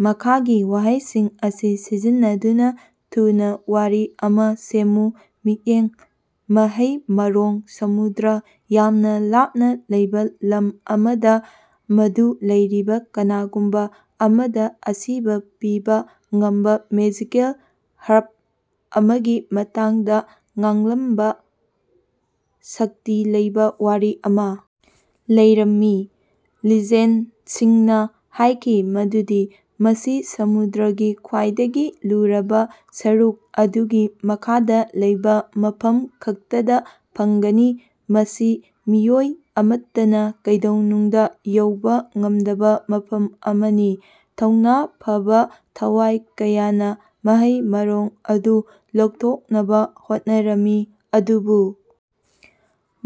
ꯃꯈꯥꯒꯤ ꯋꯥꯍꯩꯁꯤꯡ ꯑꯁꯤ ꯁꯤꯖꯤꯟꯅꯗꯨꯅ ꯊꯨꯅ ꯋꯥꯔꯤ ꯑꯃ ꯁꯦꯝꯃꯨ ꯃꯤꯠꯌꯦꯡ ꯃꯍꯩ ꯃꯔꯣꯡ ꯁꯃꯨꯗ꯭ꯔ ꯌꯥꯝꯅ ꯂꯥꯞꯅ ꯂꯩꯕ ꯂꯝ ꯑꯃꯗ ꯃꯗꯨ ꯂꯩꯔꯤꯕ ꯀꯅꯥꯒꯨꯝꯕ ꯑꯃꯗ ꯑꯁꯤꯕ ꯄꯤꯕ ꯉꯝꯕ ꯃꯦꯖꯤꯀꯦꯜ ꯍꯔꯕ ꯑꯃꯒꯤ ꯃꯇꯥꯡꯗ ꯉꯥꯡꯂꯝꯕ ꯁꯛꯇꯤ ꯂꯩꯕ ꯋꯥꯔꯤ ꯑꯃ ꯂꯩꯔꯝꯃꯤ꯫ ꯂꯤꯖꯦꯟꯗꯁꯤꯡꯅ ꯍꯥꯏꯈꯤ ꯃꯗꯨꯗꯤ ꯃꯁꯤ ꯁꯃꯨꯗ꯭ꯔꯒꯤ ꯈ꯭ꯋꯥꯏꯗꯒꯤ ꯂꯨꯔꯕ ꯁꯔꯨꯛ ꯑꯗꯨꯒꯤ ꯃꯈꯥꯗ ꯂꯩꯕ ꯃꯐꯝ ꯈꯛꯇꯗ ꯐꯪꯒꯅꯤ ꯃꯁꯤ ꯃꯤꯑꯣꯏ ꯑꯃꯠꯇꯅ ꯀꯩꯗꯧꯅꯨꯡꯗ ꯌꯧꯕ ꯉꯝꯗꯕ ꯃꯐꯝ ꯑꯃꯅꯤ꯫ ꯊꯧꯅ ꯐꯕꯥ ꯊꯋꯥꯏ ꯀꯌꯥꯅ ꯃꯍꯩ ꯃꯔꯣꯡ ꯑꯗꯨ ꯂꯧꯊꯣꯛꯅꯕ ꯍꯣꯠꯅꯔꯝꯃꯤ ꯑꯗꯨꯕꯨ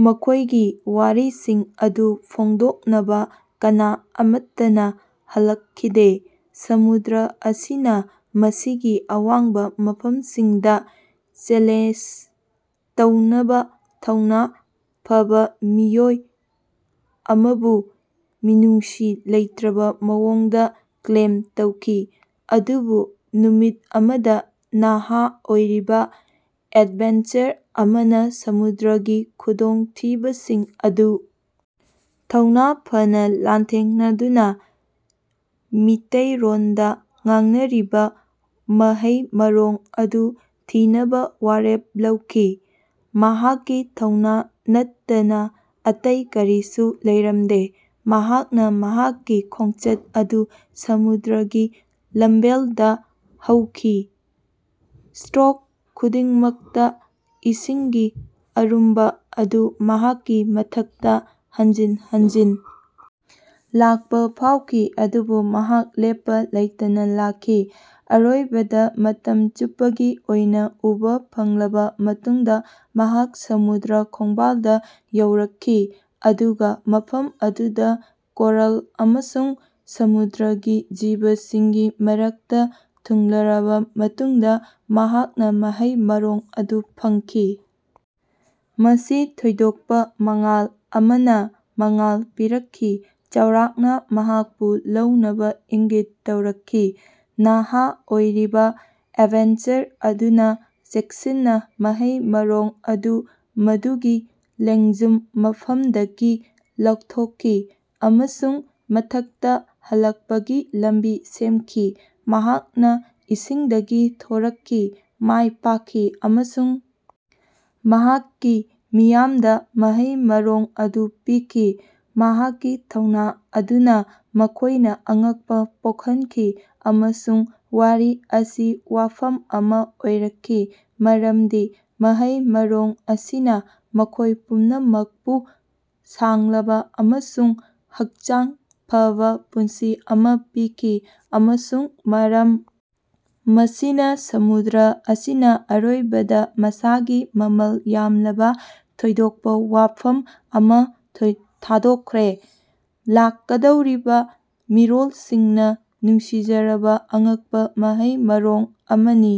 ꯃꯈꯣꯏꯒꯤ ꯋꯥꯔꯤꯁꯤꯡ ꯑꯗꯨ ꯐꯣꯡꯗꯣꯛꯅꯕ ꯀꯅꯥ ꯑꯃꯠꯇꯅ ꯍꯜꯂꯛꯈꯤꯗꯦ꯫ ꯁꯃꯨꯗ꯭ꯔ ꯑꯁꯤꯅ ꯃꯁꯤꯒꯤ ꯑꯋꯥꯡꯕ ꯃꯐꯝꯁꯤꯡꯗ ꯆꯦꯂꯦꯟꯖ ꯇꯧꯅꯕ ꯊꯧꯅ ꯐꯕꯥ ꯃꯤꯑꯣꯏ ꯑꯃꯕꯨ ꯃꯤꯅꯨꯡꯁꯤ ꯂꯩꯇ꯭ꯔꯕ ꯃꯑꯣꯡꯗ ꯀ꯭ꯂꯦꯝ ꯇꯧꯈꯤ꯫ ꯑꯗꯨꯕꯨ ꯅꯨꯃꯤꯠ ꯑꯃꯗ ꯅꯍꯥ ꯑꯣꯏꯔꯤꯕ ꯑꯦꯗꯚꯦꯟꯆꯔ ꯑꯃꯅ ꯁꯃꯨꯗ꯭ꯔꯒꯤ ꯈꯨꯗꯣꯡꯊꯤꯕꯁꯤꯡ ꯑꯗꯨ ꯊꯧꯅ ꯐꯅꯥ ꯂꯥꯟꯊꯦꯡꯅꯗꯨꯅ ꯃꯤꯇꯩꯔꯣꯟꯗ ꯉꯥꯡꯅꯔꯤꯕ ꯃꯍꯩ ꯃꯔꯣꯡ ꯑꯗꯨ ꯊꯤꯅꯕ ꯋꯥꯔꯦꯞ ꯂꯧꯈꯤ꯫ ꯃꯍꯥꯛꯀꯤ ꯊꯧꯅ ꯅꯠꯇꯅ ꯑꯇꯩ ꯀꯔꯤꯁꯨ ꯂꯩꯔꯝꯗꯦ ꯃꯍꯥꯛꯅ ꯃꯍꯥꯛꯀꯤ ꯈꯣꯡꯆꯠ ꯑꯗꯨ ꯁꯃꯨꯗ꯭ꯔꯒꯤ ꯂꯝꯕꯦꯜꯗ ꯍꯧꯈꯤ꯫ ꯁꯇꯔꯣꯛ ꯈꯨꯗꯤꯡꯃꯛꯇ ꯏꯁꯤꯡꯒꯤ ꯑꯔꯨꯝꯕ ꯑꯗꯨ ꯃꯍꯥꯛꯀꯤ ꯃꯊꯛꯇ ꯍꯟꯖꯤꯟ ꯍꯟꯖꯤꯟ ꯂꯥꯛꯄ ꯐꯥꯎꯈꯤ ꯑꯗꯨꯕꯨ ꯃꯍꯥꯛ ꯂꯦꯞꯄ ꯂꯩꯇꯅ ꯂꯥꯛꯈꯤ꯫ ꯑꯔꯣꯏꯕꯗ ꯃꯇꯝ ꯆꯨꯞꯄꯒꯤ ꯑꯣꯏꯅ ꯎꯕꯥ ꯐꯪꯂꯕ ꯃꯇꯨꯡꯗ ꯃꯍꯥꯛ ꯁꯃꯨꯗ꯭ꯔ ꯈꯣꯡꯕꯥꯜꯗ ꯌꯧꯔꯛꯈꯤ꯫ ꯑꯗꯨꯒ ꯃꯐꯝ ꯑꯗꯨꯗ ꯀꯣꯔꯜ ꯑꯃꯁꯨꯡ ꯁꯃꯨꯗ꯭ꯔꯒꯤ ꯖꯤꯕꯁꯤꯡꯒꯤ ꯃꯔꯛꯇ ꯊꯨꯡꯂꯔꯕ ꯃꯇꯨꯡꯗ ꯃꯍꯥꯛꯅ ꯃꯍꯩ ꯃꯔꯣꯡ ꯑꯗꯨ ꯐꯪꯈꯤ꯫ ꯃꯁꯤ ꯊꯣꯏꯗꯣꯛꯄ ꯃꯉꯥꯜ ꯑꯃꯅ ꯃꯉꯥꯜ ꯄꯤꯔꯛꯈꯤ ꯆꯥꯎꯔꯥꯛꯅ ꯃꯍꯥꯛꯄꯨ ꯂꯧꯅꯕ ꯏꯪꯒꯤꯠ ꯇꯧꯔꯛꯈꯤ꯫ ꯅꯍꯥ ꯑꯣꯏꯔꯤꯕ ꯑꯦꯗꯚꯦꯟꯆꯔ ꯑꯗꯨꯅ ꯆꯦꯛꯁꯤꯟꯅ ꯃꯍꯩ ꯃꯔꯣꯡ ꯑꯗꯨ ꯃꯗꯨꯒꯤ ꯂꯦꯡꯖꯨꯝ ꯃꯐꯝꯗꯒꯤ ꯂꯧꯊꯣꯛꯈꯤ ꯑꯃꯁꯨꯡ ꯃꯊꯛꯇ ꯍꯜꯂꯛꯄꯒꯤ ꯂꯝꯕꯤ ꯁꯦꯝꯈꯤ꯫ ꯃꯍꯥꯛꯅ ꯏꯁꯤꯡꯗꯒꯤ ꯊꯣꯔꯛꯈꯤ ꯃꯥꯏꯄꯥꯛꯈꯤ ꯑꯃꯁꯨꯡ ꯃꯍꯥꯛꯀꯤ ꯃꯤꯌꯥꯝꯗ ꯃꯍꯩ ꯃꯔꯣꯡ ꯑꯗꯨ ꯄꯤꯈꯤ꯫ ꯃꯍꯥꯛꯀꯤ ꯊꯧꯅ ꯑꯗꯨꯅ ꯃꯈꯣꯏꯅ ꯑꯉꯛꯄ ꯄꯣꯛꯍꯟꯈꯤ ꯑꯃꯁꯨꯡ ꯋꯥꯔꯤ ꯑꯁꯤ ꯋꯥꯐꯝ ꯑꯃ ꯑꯣꯏꯔꯛꯈꯤ ꯃꯔꯝꯗꯤ ꯃꯍꯩ ꯃꯔꯣꯡ ꯑꯁꯤꯅ ꯃꯈꯣꯏ ꯄꯨꯝꯅꯃꯛꯄꯨ ꯁꯥꯡꯂꯕ ꯑꯃꯁꯨꯡ ꯍꯛꯆꯥꯡ ꯐꯕꯥ ꯄꯨꯟꯁꯤ ꯑꯃ ꯄꯤꯈꯤ꯫ ꯑꯃꯁꯨꯡ ꯃꯔꯝ ꯃꯁꯤꯅ ꯁꯃꯨꯗ꯭ꯔ ꯑꯁꯤꯅ ꯑꯔꯣꯏꯕꯗ ꯃꯁꯥꯒꯤ ꯃꯃꯜ ꯌꯥꯝꯂꯕ ꯊꯣꯏꯗꯣꯛꯄ ꯋꯥꯐꯝ ꯑꯃ ꯊꯥꯗꯣꯛꯈ꯭ꯔꯦ ꯂꯥꯛꯀꯗꯧꯔꯤꯕ ꯃꯤꯔꯣꯜꯁꯤꯡꯅ ꯅꯨꯡꯁꯤꯖꯔꯕ ꯑꯉꯛꯄ ꯃꯍꯩ ꯃꯔꯣꯡ ꯑꯃꯅꯤ